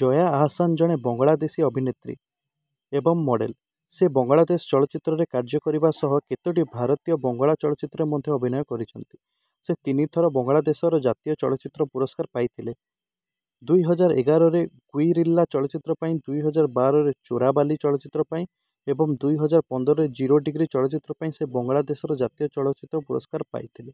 ଜୟା ଆହସାନ ଜଣେ ବଙ୍ଗଳାଦେଶୀ ଅଭିନେତ୍ରୀ ଏବଂ ମଡେଲ। ସେ ବଙ୍ଗଳାଦେଶ ଚଳଚ୍ଚିତ୍ରରେ କାର୍ଯ୍ୟ କରିବା ସହ କେତୋଟି ଭାରତୀୟ ବଙ୍ଗଳା ଚଳଚ୍ଚିତ୍ରରେ ମଧ୍ୟ ଅଭିନୟ କରିଛନ୍ତି। ସେ ତିନି ଥର ବଙ୍ଗଳାଦେଶର ଜାତୀୟ ଚଳଚ୍ଚିତ୍ର ପୁରସ୍କାର ପାଇଥିଲେ। ଦୁଇ ହଜାର ଏଗାରରେ ଗୁଇରିଲ୍ଲା ଚଳଚ୍ଚିତ୍ର ପାଇଁ, ଦୁଇ ହଜାର ବାରରେ ଚୋରାବାଲି ଚଳଚ୍ଚିତ୍ର ପାଇଁ ଏବଂ ଦୁଇ ହଜାର ପନ୍ଦରରେ ଜିରୋ ଡୀଗ୍ରୀ ଚଳଚ୍ଚିତ୍ର ପାଇଁ ସେ ବଙ୍ଗଳାଦେଶର ଜାତୀୟ ଚଳଚ୍ଚିତ୍ର ପୁରସ୍କାର ପାଇଥିଲେ।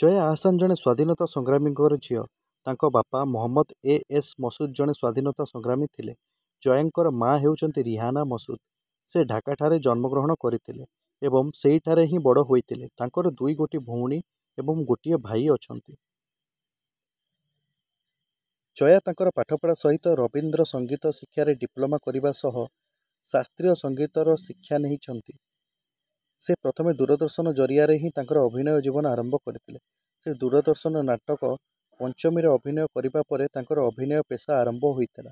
ଜୟା ଆହସାନ ଜଣେ ସ୍ୱାଧୀନତା ସଂଗ୍ରାମୀଙ୍କର ଝିଅ। ତାଙ୍କ ବାପା ମହମଦ ଏ. ଏସ୍. ମସୁଦ୍ ଜଣେ ସ୍ୱାଧୀନତା ସଂଗ୍ରାମୀ ଥିଲେ। ଜୟାଙ୍କର ମାଆ ହେଉଛନ୍ତି ରିହାନା ମସୁଦ୍। ସେ ଢାକାଠାରେ ଜନ୍ମଗ୍ରହଣ କରିଥିଲେ ଏବଂ ସେହିଠାରେ ହିଁ ବଡ଼ ହୋଇଥିଲେ। ତାଙ୍କର ଦୁଇଗୋଟି ଭଉଣୀ ଏବଂ ଗୋଟିଏ ଭାଇ ଅଛନ୍ତି। ଜୟା ତାଙ୍କର ପାଠପଢ଼ା ସହିତ ରବିନ୍ଦ୍ର ସଙ୍ଗୀତ ଶିକ୍ଷାରେ ଡିପ୍ଲୋମା କରିବା ସହ ଶାସ୍ତ୍ରୀୟ ସଙ୍ଗୀତର ଶିକ୍ଷା ନେଇଛନ୍ତି। ସେ ପ୍ରଥମେ ଦୂରଦର୍ଶନ ଜରିଆରେ ହିଁ ତାଙ୍କର ଅଭିନୟ ଜୀବନ ଆରମ୍ଭ କରିଥିଲେ। ସେ ଦୂରଦର୍ଶନ ନାଟକ ପଞ୍ଚମୀରେ ଅଭିନୟ କରିବା ପରେ ତାଙ୍କର ଅଭିନୟ ପେଷା ଆରମ୍ଭ ହୋଇଥିଲା।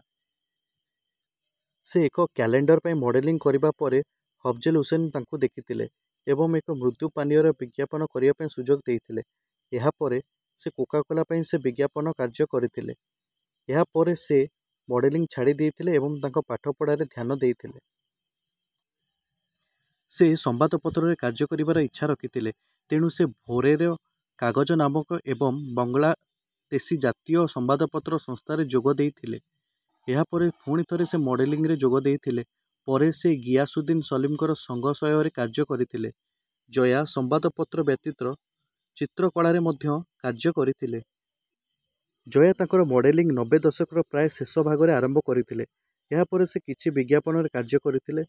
ସେ ଏକ କ୍ୟାଲେଣ୍ଡର ପାଇଁ ମଡେଲିଂ କରିବା ପରେ ଅଫଜଲ ହୁସେନ ତାଙ୍କୁ ଦେଖିଥିଲେ ଏବଂ ଏକ ମୃଦୁ ପାନୀୟର ବିଜ୍ଞାପନ କରିବା ପାଇଁ ସୁଯୋଗ ଦେଇଥିଲେ। ଏହାପରେ ସେ କୋକା-କୋଲା ପାଇଁ ବିଜ୍ଞାପନରେ କାର୍ଯ୍ୟ କରିଥିଲେ। ଏହାପରେ ସେ ମଡେଲିଂ ଛାଡ଼ି ଦେଇଥିଲେ ଏବଂ ତାଙ୍କର ପାଠପଢ଼ାରେ ଧ୍ୟାନ ଦେଇଥିଲେ। ସେ ସମ୍ବାଦପତ୍ରରେ କାର୍ଯ୍ୟ କରିବାର ଇଚ୍ଛା ରଖିଥିଲେ, ତେଣୁ ସେ ଭୋରେର କାଗଜ ନାମକ ଏବଂ ବଙ୍ଗଳାଦେଶୀ ଜାତୀୟ ସମ୍ବାଦପତ୍ର ସଂସ୍ଥାରେ ଯୋଗ ଦେଇଥିଲେ। ଏହାପରେ ପୁଣିଥରେ ସେ ମଡେଲିଂରେ ଯୋଗ ଦେଇଥିଲେ। ପରେ ସେ ଗିଆସୁଦ୍ଦିନ ସଲିମଙ୍କର ସଙ୍ଗସୟରେ କାର୍ଯ୍ୟ କରିଥିଲେ। ଜୟା ସମ୍ବାଦପତ୍ର ବ୍ୟତୀତ ଚିତ୍ରକଳାରେ ମଧ୍ୟ କାର୍ଯ୍ୟ କରିଥିଲେ। ଜୟା ତାଙ୍କର ମଡେଲିଂ ନବେ ଦଶକର ପ୍ରାୟ ଶେଷ ଭାଗରେ ଆରମ୍ଭ କରିଥିଲେ। ଏହାପରେ ସେ କିଛି ବିଜ୍ଞାପନରେ କାର୍ଯ୍ୟ କରିଥିଲେ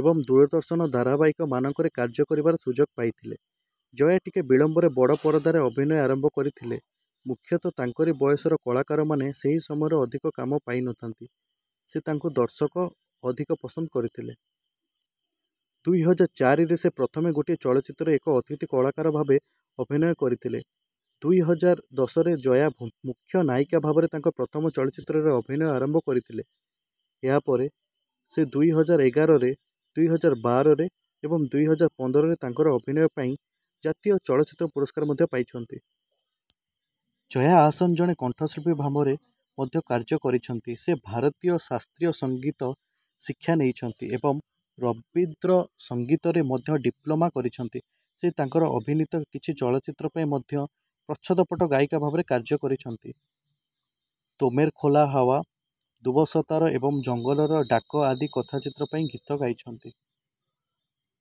ଏବଂ ଦୂରଦର୍ଶନ ଧାରାବାହିକ ମାନଙ୍କରେ କାର୍ଯ୍ୟ କରିବାର ସୁଯୋଗ ପାଇଥିଲେ। ଜୟା ଟିକେ ବିଳମ୍ବରେ ବଡ଼ ପରଦାରେ ଅଭିନୟ ଆରମ୍ଭ କରିଥିଲେ। ମୁଖ୍ୟତଃ ତାଙ୍କରି ବୟସର କାଳାକାରମାନେ ସେହି ସମୟରେ ଅଧିକ କାମ ପାଇନଥାନ୍ତି, ସେ ତାଙ୍କୁ ଦର୍ଶକ ଅଧିକ ପସନ୍ଦ କରିଥିଲେ। ଦୁଇ ହଜାର ଚାରିରେ ସେ ପ୍ରଥମେ ଗୋଟିଏ ଚଳଚ୍ଚିତ୍ରରେ ଏକ ଅତିଥି କଳାକାର ଭାବରେ ଅଭିନୟ କରିଥିଲେ। ଦୁଇ ହାଜର ଦଶ ରେ ଜୟା ମୁଖ୍ୟ ନାୟିକା ଭାବରେ ତାଙ୍କର ପ୍ରଥମ ଚଳଚ୍ଚିତ୍ରରେ ଅଭିନୟ ଆରମ୍ଭ କରିଥିଲେ। ଏହାପରେ ସେଦୁଇ ହାଜର ଏଗାର ରେ, ଦୁଇ ହଜାର ବାର ରେ ଏବଂ ଦୁଇ ହଜାର ପନ୍ଦର ରେ ତାଙ୍କର ଅଭିନୟ ପାଇଁ ଜାତୀୟ ଚଳଚ୍ଚିତ୍ର ପୁରସ୍କାର ମଧ୍ୟ ପାଇଛନ୍ତି। ଜୟା ଆହସନ ଜଣେ କଣ୍ଠଶିଳ୍ପୀ ଭାବରେ ମଧ୍ୟ କାର୍ଯ୍ୟ କରିଛନ୍ତି। ସେ ଭାରତୀୟ ଶାସ୍ତ୍ରୀୟ ସଙ୍ଗୀତ ଶିକ୍ଷା ନେଇଛନ୍ତି ଏବଂ ରବିନ୍ଦ୍ର ସଙ୍ଗୀତରେ ମଧ୍ୟ ଡିପ୍ଲୋମା କରିଛନ୍ତି। ସେ ତାଙ୍କର ଅଭିନୀତ କିଛି ଚଳଚ୍ଚିତ୍ର ପାଇଁ ମଧ୍ୟ ପ୍ରଚ୍ଛଦପଟ ଗାୟିକା ଭାବରେ କାର୍ଯ୍ୟ କରିଛନ୍ତି। ତୋମେର ଖୋଲା ହାୱା, ଦୁବଶତାର ଏବଂ ଜଙ୍ଗଲର ଡାକ ଆଦି କଥାଚିତ୍ର ପାଇଁ ଗୀତ ଗାଇଛନ୍ତି।